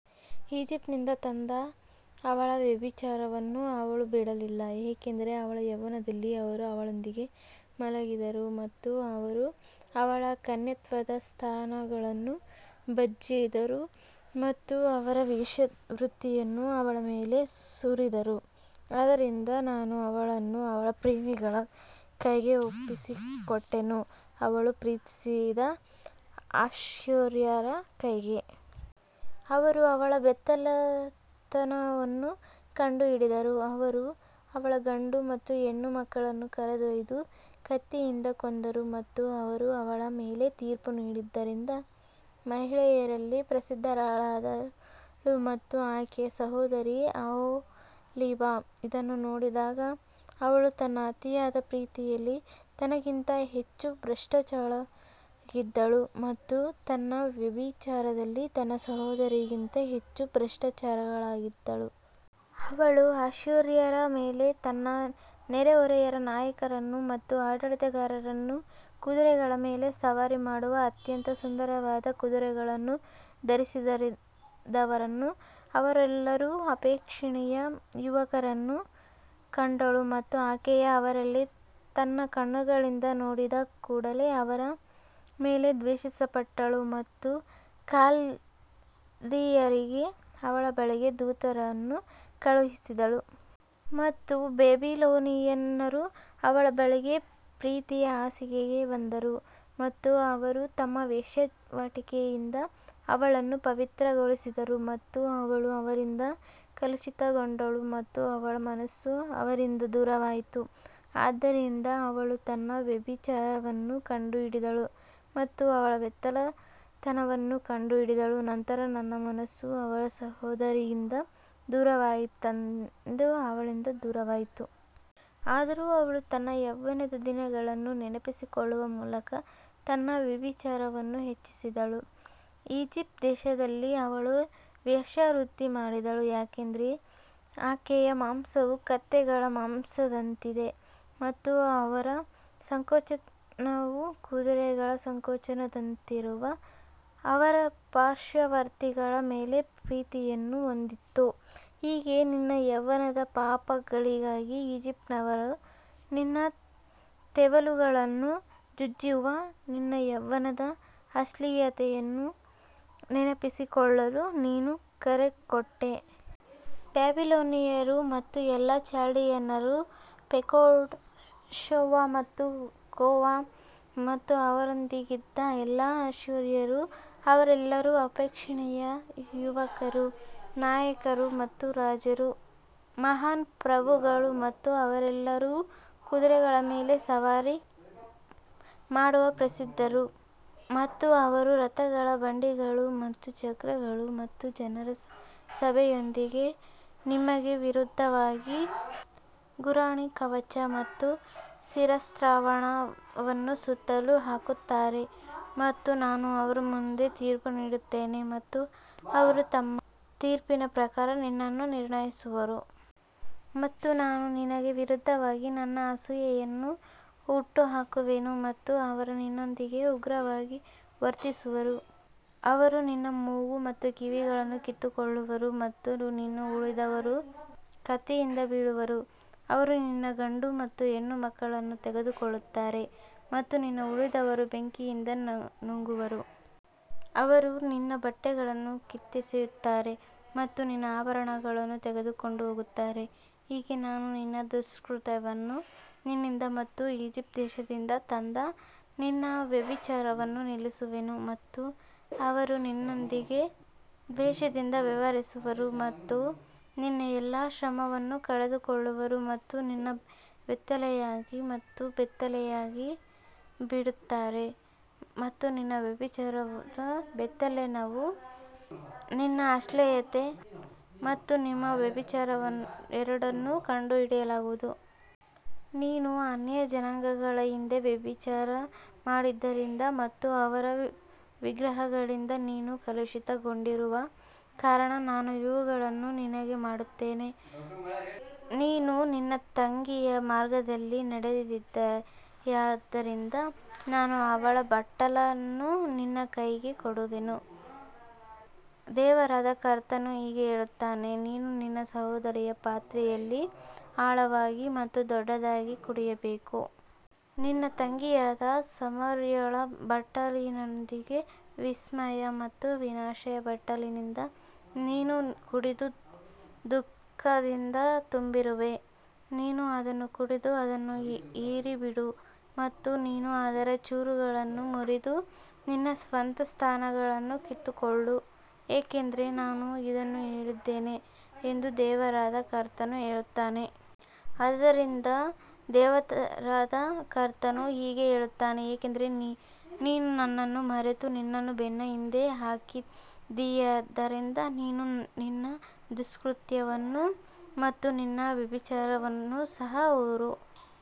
ಈಜಿಪ್ಟ್ನಿಂದ ತಂದ ಅವಳ ವ್ಯಭಿಚಾರವನ್ನು ಅವಳು ಬಿಡಲಿಲ್ಲ, ಏಕೆಂದರೆ ಅವಳ ಯೌವನದಲ್ಲಿ ಅವರು ಅವಳೊಂದಿಗೆ ಮಲಗಿದರು ಮತ್ತು ಅವರು ಅವಳ ಕನ್ಯತ್ವದ ಸ್ತನಗಳನ್ನು ಜಜ್ಜಿದರು ಮತ್ತು ಅವರ ವೇಶ್ಯಾವೃತ್ತಿಯನ್ನು ಅವಳ ಮೇಲೆ ಸುರಿದರು. ಆದದರಿಂದ ನಾನು ಅವಳನ್ನು ಅವಳ ಪ್ರೇಮಿಗಳ ಕೈಗೆ ಒಪ್ಪಿಸಿಕೊಟ್ಟೆನು, ಅವಳು ಪ್ರೀತಿಸಿದ ಅಶ್ಶೂರ್ಯರ ಕೈಗೆ. ಅವರು ಅವಳ ಬೆತ್ತಲೆತನವನ್ನು ಕಂಡುಹಿಡಿದರು, ಅವರು ಅವಳ ಗಂಡು ಮತ್ತು ಹೆಣ್ಣು ಮಕ್ಕಳನ್ನು ಕರೆದೊಯ್ದು ಕತ್ತಿಯಿಂದ ಕೊಂದರು ಮತ್ತು ಅವರು ಅವಳ ಮೇಲೆ ತೀರ್ಪು ನೀಡಿದ್ದರಿಂದ ಮಹಿಳೆಯರಲ್ಲಿ ಪ್ರಸಿದ್ಧಳಾದಳು. ಮತ್ತು ಆಕೆಯ ಸಹೋದರಿ ಅಹೋಲಿಬಾ ಇದನ್ನು ನೋಡಿದಾಗ ಅವಳು ತನ್ನ ಅತಿಯಾದ ಪ್ರೀತಿಯಲ್ಲಿ ತನಗಿಂತ ಹೆಚ್ಚು ಭ್ರಷ್ಟಳಾಗಿದ್ದಳು ಮತ್ತು ತನ್ನ ವ್ಯಭಿಚಾರದಲ್ಲಿ ತನ್ನ ಸಹೋದರಿಗಿಂತಲೂ ಹೆಚ್ಚು ಭ್ರಷ್ಟಳಾಗಿದ್ದಳು. ಅವಳು ಅಶ್ಶೂರ್ಯರ ಮೇಲೆ ತನ್ನ ನೆರೆಹೊರೆಯ ನಾಯಕರನ್ನು ಮತ್ತು ಆಡಳಿತಗಾರರನ್ನು, ಕುದುರೆಗಳ ಮೇಲೆ ಸವಾರಿ ಮಾಡುವ ಅತ್ಯಂತ ಸುಂದರವಾದ ಕುದುರೆಗಳನ್ನು ಧರಿಸಿದವರನ್ನು, ಅವರೆಲ್ಲರೂ ಅಪೇಕ್ಷಣೀಯ ಯುವಕರನ್ನು ಕಂಡಳು ಮತ್ತು ಆಕೆಯು ಅವರನ್ನು ತನ್ನ ಕಣ್ಣುಗಳಿಂದ ನೋಡಿದ ಕೂಡಲೆ ಅವರ ಮೇಲೆ ದೂಷಿಸಲ್ಪಟ್ಟಳು ಮತ್ತು ಕಲ್ದೀಯರಿಗೆ ಅವರ ಬಳಿಗೆ ದೂತರನ್ನು ಕಳುಹಿಸಿದಳು. ಮತ್ತು ಬ್ಯಾಬಿಲೋನಿಯನ್ನರು ಅವಳ ಬಳಿಗೆ ಪ್ರೀತಿಯ ಹಾಸಿಗೆಗೆ ಬಂದರು ಮತ್ತು ಅವರು ತಮ್ಮ ವೇಶ್ಯಾವಾಟಿಕೆಯಿಂದ ಅವಳನ್ನು ಅಪವಿತ್ರಗೊಳಿಸಿದರು ಮತ್ತು ಅವಳು ಅವರಿಂದ ಕಲುಷಿತಗೊಂಡಳು ಮತ್ತು ಅವಳ ಮನಸ್ಸು ಅವರಿಂದ ದೂರವಾಯಿತು. ಆದ್ದರಿಂದ ಅವಳು ತನ್ನ ವ್ಯಭಿಚಾರವನ್ನು ಕಂಡುಹಿಡಿದಳು ಮತ್ತು ಅವಳ ಬೆತ್ತಲೆತನವನ್ನು ಕಂಡುಹಿಡಿದಳು, ನಂತರ ನನ್ನ ಮನಸ್ಸು ಅವಳ ಸಹೋದರಿಯಿಂದ ದೂರವಾದಂತೆ ಅವಳಿಂದ ದೂರವಾಯಿತು. ಆದರೂ ಅವಳು ತನ್ನ ಯೌವನದ ದಿನಗಳನ್ನು ನೆನಪಿಸಿಕೊಳ್ಳುವ ಮೂಲಕ ತನ್ನ ವ್ಯಭಿಚಾರವನ್ನು ಹೆಚ್ಚಿಸಿದಳು, ಈಜಿಪ್ಟ್ ದೇಶದಲ್ಲಿ ಅವಳು ವೇಶ್ಯಾವೃತ್ತಿ ಮಾಡಿದಳು. ಯಾಕಂದರೆ ಆಕೆಯ ಮಾಂಸವು ಕತ್ತೆಗಳ ಮಾಂಸದಂತಿದೆ ಮತ್ತು ಅವರ ಸಂಕೋಚನವು ಕುದುರೆಗಳ ಸಂಕೋಚನದಂತಿರುವ ಅವರ ಪಾರ್ಶ್ವವರ್ತಿಗಳ ಮೇಲೆ ಪ್ರೀತಿಯನ್ನು ಹೊಂದಿತ್ತು. ಹೀಗೆ ನಿನ್ನ ಯೌವನದ ಪಾಪಗಳಿಗಾಗಿ ಈಜಿಪ್ಟಿನವರು ನಿನ್ನ ತೆವಲುಗಳನ್ನು ಜಜ್ಜುವ ನಿನ್ನ ಯೌವನದ ಅಶ್ಲೀಲತೆಯನ್ನು ನೆನಪಿಸಿಕೊಳ್ಳಲು ನೀನು ಕರೆಕೊಟ್ಟೆ. ಬ್ಯಾಬಿಲೋನಿಯನ್ನರು ಮತ್ತು ಎಲ್ಲಾ ಚಾಲ್ಡಿಯನ್ನರು, ಪೆಕೋಡ್, ಶೋವಾ ಮತ್ತು ಕೋವಾ ಮತ್ತು ಅವರೊಂದಿಗಿದ್ದ ಎಲ್ಲಾ ಅಶ್ಶೂರ್ಯರು, ಅವರೆಲ್ಲರೂ ಅಪೇಕ್ಷಣೀಯ ಯುವಕರು, ನಾಯಕರು ಮತ್ತು ರಾಜರು, ಮಹಾನ್ ಪ್ರಭುಗಳು, ಮತ್ತು ಅವರೆಲ್ಲರೂ ಕುದುರೆಗಳ ಮೇಲೆ ಸವಾರಿ ಮಾಡುವ ಪ್ರಸಿದ್ಧರು. ಮತ್ತು ಅವರು ರಥಗಳ ಬಂಡಿಗಳು ಮತ್ತು ಚಕ್ರಗಳು ಮತ್ತು ಜನರ ಸಭೆಯೊಂದಿಗೆ ನಿಮಗೆ ವಿರುದ್ಧವಾಗಿ ಗುರಾಣಿ, ಕವಚ ಮತ್ತು ಶಿರಸ್ತ್ರಾಣವನ್ನು ಸುತ್ತಲೂ ಹಾಕುತ್ತಾರೆ ಮತ್ತು ನಾನು ಅವರ ಮುಂದೆ ತೀರ್ಪು ನೀಡುತ್ತೇನೆ ಮತ್ತು ಅವರು ತಮ್ಮ ತೀರ್ಪಿನ ಪ್ರಕಾರ ನಿನ್ನನ್ನು ನಿರ್ಣಯಿಸುವರು. ಮತ್ತು ನಾನು ನಿನಗೆ ವಿರುದ್ಧವಾಗಿ ನನ್ನ ಅಸೂಯೆಯನ್ನು ಹುಟ್ಟುಹಾಕುವೆನು ಮತ್ತು ಅವರು ನಿನ್ನೊಂದಿಗೆ ಉಗ್ರವಾಗಿ ವರ್ತಿಸುವರು, ಅವರು ನಿನ್ನ ಮೂಗು ಮತ್ತು ಕಿವಿಗಳನ್ನು ಕಿತ್ತುಕೊಳ್ಳುವರು ಮತ್ತು ನಿಮ್ಮ ಉಳಿದವರು ಕತ್ತಿಯಿಂದ ಬೀಳುವರು, ಅವರು ನಿನ್ನ ಗಂಡು ಮತ್ತು ಹೆಣ್ಣು ಮಕ್ಕಳನ್ನು ತೆಗೆದುಕೊಳ್ಳುತ್ತಾರೆ ಮತ್ತು ನಿನ್ನ ಉಳಿದವರು ಬೆಂಕಿಯಿಂದ ನುಂಗುವರು. ಅವರು ನಿನ್ನ ಬಟ್ಟೆಗಳನ್ನು ಕಿತ್ತೆಸೆಯುತ್ತಾರೆ ಮತ್ತು ನಿನ್ನ ಆಭರಣಗಳನ್ನು ತೆಗೆದುಕೊಂಡು ಹೋಗುತ್ತಾರೆ, ಹೀಗೆ ನಾನು ನಿನ್ನ ದುಷ್ಕೃತ್ಯವನ್ನು ನಿನ್ನಿಂದ ಮತ್ತು ಈಜಿಪ್ಟ್ ದೇಶದಿಂದ ತಂದ ನಿನ್ನ ವ್ಯಭಿಚಾರವನ್ನು ನಿಲ್ಲಿಸುವೆನು. ಮತ್ತು ಅವರು ನಿನ್ನೊಂದಿಗೆ ದ್ವೇಷದಿಂದ ವ್ಯವಹರಿಸುವರು ಮತ್ತು ನಿನ್ನ ಎಲ್ಲಾ ಶ್ರಮವನ್ನು ಕಸಿದುಕೊಳ್ಳುವರು ಮತ್ತು ನಿನ್ನನ್ನು ಬೆತ್ತಲೆಯಾಗಿ ಮತ್ತು ಬೆತ್ತಲೆಯಾಗಿ ಬಿಡುತ್ತಾರೆ ಮತ್ತು ನಿನ್ನ ವ್ಯಭಿಚಾರದ ಬೆತ್ತಲೆತನವು ನಿನ್ನ ಅಶ್ಲೀಲತೆ ಮತ್ತು ನಿಮ್ಮ ವ್ಯಭಿಚಾರ ಎರಡನ್ನೂ ಕಂಡುಹಿಡಿಯಲಾಗುವುದು. ನೀನು ಅನ್ಯಜನಾಂಗಗಳ ಹಿಂದೆ ವ್ಯಭಿಚಾರ ಮಾಡಿದ್ದರಿಂದ ಮತ್ತು ಅವರ ವಿಗ್ರಹಗಳಿಂದ ನೀನು ಕಲುಷಿತಗೊಂಡಿರುವ ಕಾರಣ ನಾನು ಇವುಗಳನ್ನು ನಿನಗೆ ಮಾಡುತ್ತೇನೆ. ನೀನು ನಿನ್ನ ತಂಗಿಯ ಮಾರ್ಗದಲ್ಲಿ ನಡೆದಿದ್ದೀಯಾದ್ದರಿಂದ ನಾನು ಅವಳ ಬಟ್ಟಲನ್ನು ನಿನ್ನ ಕೈಗೆ ಕೊಡುವೆನು. ದೇವರಾದ ಕರ್ತನು ಹೀಗೆ ಹೇಳುತ್ತಾನೆ, ನೀನು ನಿನ್ನ ಸಹೋದರಿಯ ಪಾತ್ರೆಯಲ್ಲಿ ಆಳವಾಗಿ ಮತ್ತು ದೊಡ್ಡದಾಗಿ ಕುಡಿಯಬೇಕು. ನಿನ್ನ ತಂಗಿಯಾದ ಸಮಾರ್ಯಳ ಬಟ್ಟಲಿನೊಂದಿಗೆ ವಿಸ್ಮಯ ಮತ್ತು ವಿನಾಶದ ಬಟ್ಟಲಿನಿಂದ ನೀನು ಕುಡಿದು ದುಃಖದಿಂದ ತುಂಬಿರುವೆ. ನೀನು ಅದನ್ನು ಕುಡಿದು ಅದನ್ನು ಹೀರಿಬಿಡು ಮತ್ತು ನೀನು ಅದರ ಚೂರುಗಳನ್ನು ಮುರಿದು ನಿನ್ನ ಸ್ವಂತ ಸ್ತನಗಳನ್ನು ಕಿತ್ತುಕೊಳ್ಳು, ಏಕೆಂದರೆ ನಾನು ಇದನ್ನು ಹೇಳಿದ್ದೇನೆ ಎಂದು ದೇವರಾದ ಕರ್ತನು ಹೇಳುತ್ತಾನೆ. ಆದದರಿಂದ ದೇವರಾದ ಕರ್ತನು ಹೀಗೆ ಹೇಳುತ್ತಾನೆ, ಏಕೆಂದರೆ ನೀನು ನನ್ನನ್ನು ಮರೆತು ನಿನ್ನ ಬೆನ್ನಿನ ಹಿಂದೆ ಹಾಕಿದ್ದೀಯಾದ್ದರಿಂದ ನೀನು ನಿನ್ನ ದುಷ್ಕೃತ್ಯವನ್ನು ಮತ್ತು ನಿನ್ನ ವ್ಯಭಿಚಾರವನ್ನು ಸಹ ಹೊರು.